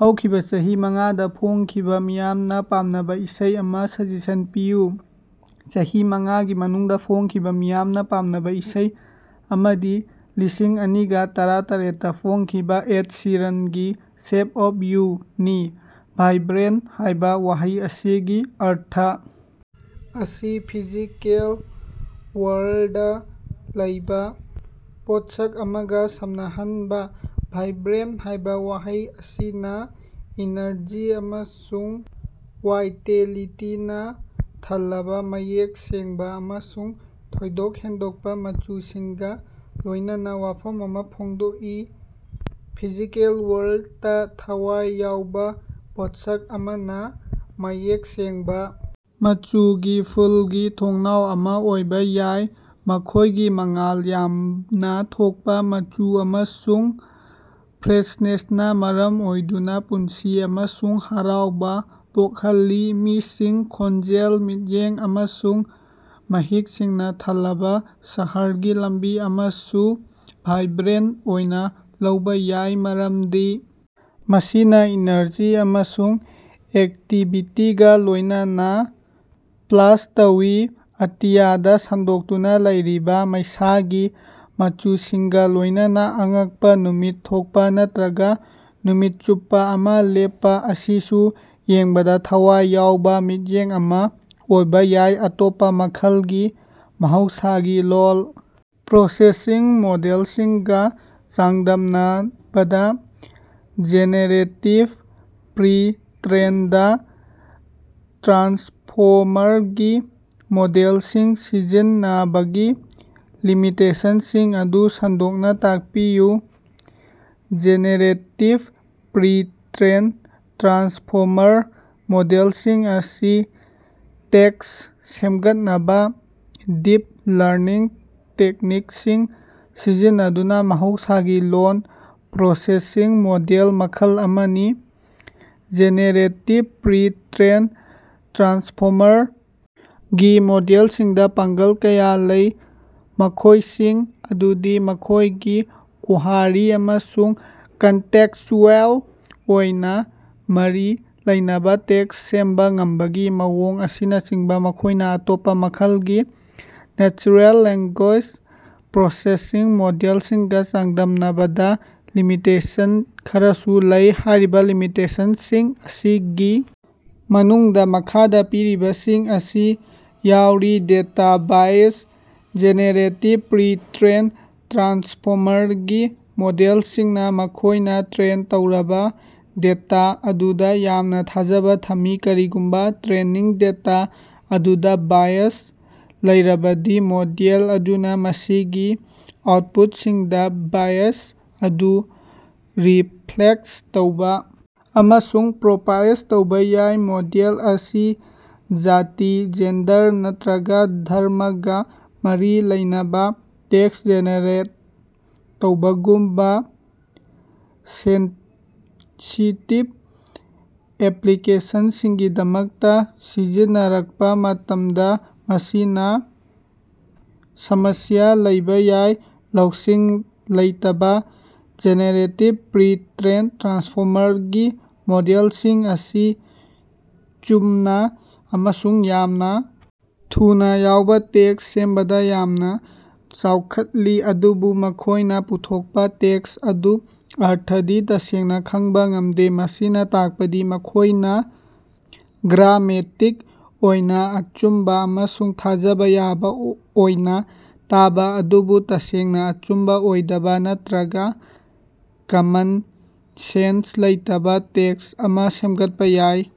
ꯍꯧꯈꯤꯕ ꯆꯍꯤ ꯃꯉꯥꯗ ꯐꯣꯡꯈꯤꯕ ꯃꯤꯌꯥꯝꯅ ꯄꯥꯝꯅꯕ ꯏꯁꯩ ꯑꯃ ꯁꯖꯦꯁꯟ ꯄꯤꯌꯨ꯫ ꯆꯍꯤ ꯃꯉꯥꯒꯤ ꯃꯅꯨꯡꯗ ꯐꯣꯡꯈꯤꯕ ꯃꯤꯌꯥꯝꯅ ꯄꯥꯝꯅꯕ ꯏꯁꯩ ꯑꯃꯗꯤ ꯂꯤꯁꯤꯡ ꯑꯅꯤꯒ ꯇꯔꯥꯇꯔꯦꯠꯇ ꯐꯣꯡꯈꯤꯕ ꯑꯦꯗ ꯁꯤꯔꯟꯒꯤ "ꯁꯦꯞ ꯑꯣꯐ ꯌꯨ" ꯅꯤ꯫ "ꯚꯥꯏꯕ꯭ꯔꯦꯟꯇ" ꯍꯥꯏꯕ ꯋꯥꯍꯩ ꯑꯁꯤꯒꯤ ꯑꯔꯊ ꯑꯁꯤ ꯐꯤꯖꯤꯀꯦꯜ ꯋꯥꯔꯜꯗꯗ ꯂꯩꯕ ꯄꯣꯠꯁꯛ ꯑꯃꯒ ꯁꯝꯅꯍꯟꯕ꯫ "ꯚꯥꯏꯕ꯭ꯔꯦꯟꯇ" ꯍꯥꯏꯕ ꯋꯥꯍꯩ ꯑꯁꯤꯅ ꯏꯅꯔꯖꯤ ꯑꯃꯁꯨꯡ ꯋꯥꯏꯇꯦꯂꯤꯇꯤꯅꯥ ꯊꯜꯂꯕ, ꯃꯌꯦꯛ ꯁꯦꯡꯕ ꯑꯃꯁꯨꯡ ꯊꯣꯏꯗꯣꯛ ꯍꯦꯟꯗꯣꯛꯄ ꯃꯆꯨꯁꯤꯡꯒ ꯂꯣꯏꯅꯅ ꯋꯥꯐꯝ ꯑꯃ ꯐꯣꯡꯗꯣꯛꯏ꯫ ꯐꯤꯖꯤꯀꯦꯜ ꯋꯥꯔꯜꯗꯇ, ꯊꯋꯥꯏ ꯌꯥꯎꯕ ꯄꯣꯠꯁꯛ ꯑꯃꯅ ꯃꯌꯦꯛ ꯁꯦꯡꯕ ꯃꯆꯨꯒꯤ ꯐꯨꯜꯒꯤ ꯊꯣꯡꯅꯥꯎ ꯑꯃ ꯑꯣꯏꯕ ꯌꯥꯏ, ꯃꯈꯣꯏꯒꯤ ꯃꯉꯥꯜ ꯌꯥꯝꯅ ꯊꯣꯛꯄ ꯃꯆꯨ ꯑꯃꯁꯨꯡ ꯐ꯭ꯔꯦꯁꯅꯦꯁꯅ ꯃꯔꯝ ꯑꯣꯏꯗꯨꯅ ꯄꯨꯟꯁꯤ ꯑꯃꯁꯨꯡ ꯍꯔꯥꯎꯕ ꯄꯣꯛꯍꯜꯂꯤ꯫ ꯃꯤꯁꯤꯡ, ꯈꯣꯟꯖꯦꯜ, ꯃꯤꯠꯌꯦꯡ ꯑꯃꯁꯨꯡ ꯃꯍꯤꯛꯁꯤꯡꯅ ꯊꯜꯂꯕ ꯁꯍꯔꯒꯤ ꯂꯝꯕꯤ ꯑꯃꯁꯨ ꯋꯥꯏꯕ꯭ꯔꯦꯟꯇ ꯑꯣꯏꯅ ꯂꯧꯕ ꯌꯥꯏ, ꯃꯔꯝꯗꯤ ꯃꯁꯤꯅ ꯏꯅꯔꯖꯤ ꯑꯃꯁꯨꯡ ꯑꯦꯛꯇꯤꯕꯤꯇꯤꯒ ꯂꯣꯏꯅꯅ ꯄ꯭ꯂꯁ ꯇꯧꯏ꯫ ꯑꯇꯤꯌꯥꯗ ꯁꯟꯗꯣꯛꯇꯨꯅ ꯂꯩꯔꯤꯕ ꯃꯩꯁꯥꯒꯤ ꯃꯆꯨꯁꯤꯡꯒ ꯂꯣꯏꯅꯅ ꯑꯉꯛꯄ ꯅꯨꯃꯤꯠ ꯊꯣꯛꯄ ꯅꯠꯇ꯭ꯔꯒ ꯅꯨꯃꯤꯠ ꯆꯨꯞꯄ ꯑꯃ ꯂꯦꯞꯄ ꯑꯁꯤꯁꯨ ꯌꯦꯡꯕꯗ ꯊꯋꯥꯏ ꯌꯥꯎꯕ ꯃꯤꯠꯌꯦꯡ ꯑꯃ ꯑꯣꯏꯕ ꯌꯥꯏ꯫ ꯑꯇꯣꯞꯄ ꯃꯈꯜꯒꯤ ꯃꯍꯧꯁꯥꯒꯤ ꯂꯣꯜ ꯄ꯭ꯔꯣꯁꯦꯁꯤꯡ ꯃꯣꯗꯦꯜꯁꯤꯡꯒ ꯆꯥꯡꯗꯝꯅꯕꯗ ꯖꯦꯅꯦꯔꯦꯇꯤꯚ ꯄ꯭ꯔꯤ-ꯇ꯭ꯔꯦꯟꯗ ꯇ꯭ꯔꯥꯟꯁꯐꯣꯃꯔ ꯒꯤ ꯃꯣꯗꯦꯜꯁꯤꯡ ꯁꯤꯖꯤꯟꯅꯕꯒꯤ ꯂꯤꯃꯤꯇꯦꯁꯟꯁꯤꯡ ꯑꯗꯨ ꯁꯟꯗꯣꯛꯅ ꯇꯥꯛꯄꯤꯌꯨ꯫ ꯖꯦꯅꯦꯔꯦꯇꯤꯚ ꯄ꯭ꯔꯤ-ꯇ꯭ꯔꯦꯟꯗ ꯇ꯭ꯔꯥꯟꯁꯐꯣꯃꯔ ꯃꯣꯗꯦꯜꯁꯤꯡ ꯑꯁꯤ ꯇꯦꯛꯁ ꯁꯦꯝꯒꯠꯅꯕ ꯗꯤꯞ ꯂꯔꯅꯤꯡ ꯇꯦꯛꯅꯤꯛꯁꯤꯡ ꯁꯤꯖꯤꯟꯅꯗꯨꯅ ꯃꯍꯧꯁꯥꯒꯤ ꯂꯣꯜ ꯄ꯭ꯔꯣꯁꯦꯁꯤꯡ ꯃꯣꯗꯦꯜ ꯃꯈꯜ ꯑꯃꯅꯤ꯫ ꯖꯦꯅꯦꯔꯦꯇꯤꯚ ꯄ꯭ꯔꯤ-ꯇ꯭ꯔꯦꯟꯗ ꯇ꯭ꯔꯥꯟꯁꯐꯣꯃꯔ ꯒꯤ ꯃꯣꯗꯦꯜꯁꯤꯡꯗ ꯄꯥꯡꯒꯜ ꯀꯌꯥ ꯂꯩ, ꯃꯈꯣꯏꯁꯤꯡ ꯑꯗꯨꯗꯤ ꯃꯈꯣꯏꯒꯤ ꯀꯣꯍꯔꯤ ꯑꯃꯁꯨꯡ ꯀꯟꯇꯦꯛꯁꯆꯨꯑꯦꯜ ꯑꯣꯏꯅ ꯃꯔꯤ ꯂꯩꯅꯕ ꯇꯦꯛꯁ ꯁꯦꯝꯕ ꯉꯝꯕꯒꯤ ꯃꯑꯣꯡ ꯑꯁꯤꯅꯆꯤꯡꯕ, ꯃꯈꯣꯏꯅ ꯑꯇꯣꯞꯄ ꯃꯈꯜꯒꯤ ꯅꯦꯆꯔꯦꯜ ꯂꯦꯡꯒ꯭ꯌꯨꯑꯦꯁ ꯄ꯭ꯔꯣꯁꯦꯁꯤꯡꯒꯤ ꯃꯣꯗꯦꯜꯁꯤꯡꯒ ꯆꯥꯡꯗꯝꯅꯕꯗ ꯂꯤꯃꯤꯇꯦꯁꯟ ꯈꯔꯁꯨ ꯂꯩ꯫ ꯍꯥꯏꯔꯤꯕ ꯂꯤꯃꯤꯇꯦꯁꯟꯁꯤꯡ ꯑꯁꯤꯒꯤ ꯃꯅꯨꯡꯗ ꯃꯈꯥꯗ ꯄꯤꯔꯤꯕꯁꯤꯡ ꯑꯁꯤ ꯌꯥꯎꯔꯤ: ꯗꯦꯇꯥ ꯕꯥꯏꯁ: ꯖꯦꯅꯦꯔꯦꯇꯤꯚ ꯄ꯭ꯔꯤ-ꯇ꯭ꯔꯦꯟꯗ ꯇ꯭ꯔꯥꯟꯁꯐꯣꯃꯔꯒꯤ ꯃꯣꯗꯦꯜꯁꯤꯡꯅ ꯃꯈꯣꯢꯅ ꯇ꯭ꯔꯦꯟ ꯇꯧꯔꯕ ꯗꯦꯇꯥ ꯑꯗꯨꯗ ꯌꯥꯝꯅ ꯊꯥꯖꯕ ꯊꯝꯃꯤ꯫ ꯀꯔꯤꯒꯨꯝꯕ ꯇ꯭ꯔꯦꯅꯤꯡ ꯗꯦꯇꯥ ꯑꯗꯨꯗ ꯕꯥꯏꯁ ꯂꯩꯔꯕꯗꯤ ꯃꯣꯗꯦꯜ ꯑꯗꯨꯅ ꯃꯁꯤꯒꯤ ꯑꯥꯎꯠꯄꯨꯠꯁꯤꯡꯗ ꯕꯥꯏꯁ ꯑꯗꯨ ꯔꯤꯐ꯭ꯂꯦꯛꯇ ꯇꯧꯕ ꯑꯃꯁꯨꯡ ꯄ꯭ꯔꯣꯄꯥꯏꯖ ꯇꯧꯕ ꯌꯥꯏ꯫ ꯃꯣꯗꯦꯜ ꯑꯁꯤ ꯖꯥꯇꯤ, ꯖꯦꯟꯗꯔ ꯅꯠꯇ꯭ꯔꯒ ꯙꯔꯝꯃꯒ ꯃꯔꯤ ꯂꯩꯅꯕ ꯇꯦꯛꯁ ꯖꯦꯅꯦꯔꯦꯠ ꯇꯧꯕꯒꯨꯝꯕ ꯁꯦꯟꯁꯤꯇꯤꯚ ꯑꯦꯄ꯭ꯂꯤꯀꯦꯁꯟꯁꯤꯡꯒꯤꯗꯃꯛꯇ ꯁꯤꯖꯤꯟꯅꯔꯛꯄ ꯃꯇꯝꯗ ꯃꯁꯤꯅ ꯁꯃꯁ꯭ꯌꯥ ꯂꯩꯕ ꯌꯥꯏ꯫ ꯂꯧꯁꯤꯡ ꯂꯩꯇꯕ: ꯖꯦꯅꯦꯔꯦꯇꯤꯚ ꯄ꯭ꯔꯤ-ꯇ꯭ꯔꯦꯟꯗ ꯇ꯭ꯔꯥꯟꯁꯐꯣꯃꯔꯒꯤ ꯃꯣꯗꯦꯜꯁꯤꯡ ꯑꯁꯤ ꯆꯨꯝꯅ ꯑꯃꯁꯨꯡ ꯌꯥꯝꯅ ꯊꯨꯅ ꯌꯥꯎꯕ ꯇꯦꯛꯁ ꯁꯦꯝꯕꯗ ꯌꯥꯝꯅ ꯆꯥꯎꯈꯠꯂꯤ, ꯑꯗꯨꯕꯨ ꯃꯈꯣꯏꯅ ꯄꯨꯊꯣꯛꯄ ꯇꯦꯛꯁ ꯑꯗꯨꯒꯤ ꯑꯔꯊꯗꯤ ꯇꯁꯦꯡꯅ ꯈꯪꯕ ꯉꯝꯗꯦ ꯫ ꯃꯁꯤꯅ ꯇꯥꯛꯄꯗꯤ ꯃꯈꯣꯢꯅ ꯒ꯭ꯔꯥꯃꯦꯇꯤꯛ ꯑꯣꯏꯅ ꯑꯆꯨꯝꯕ ꯑꯃꯁꯨꯡ ꯊꯥꯖꯕ ꯌꯥꯕ ꯑꯣꯏꯅ ꯇꯥꯕ, ꯑꯗꯨꯕꯨ ꯇꯁꯦꯡꯅ ꯑꯆꯨꯝꯕ ꯑꯣꯏꯗꯕ, ꯅꯠꯇ꯭ꯔꯒ ꯀꯃꯟ ꯁꯦꯟꯁ ꯂꯩꯇꯕ ꯇꯦꯛꯁ ꯑꯃ ꯁꯦꯝꯒꯠꯄ ꯌꯥꯏ꯫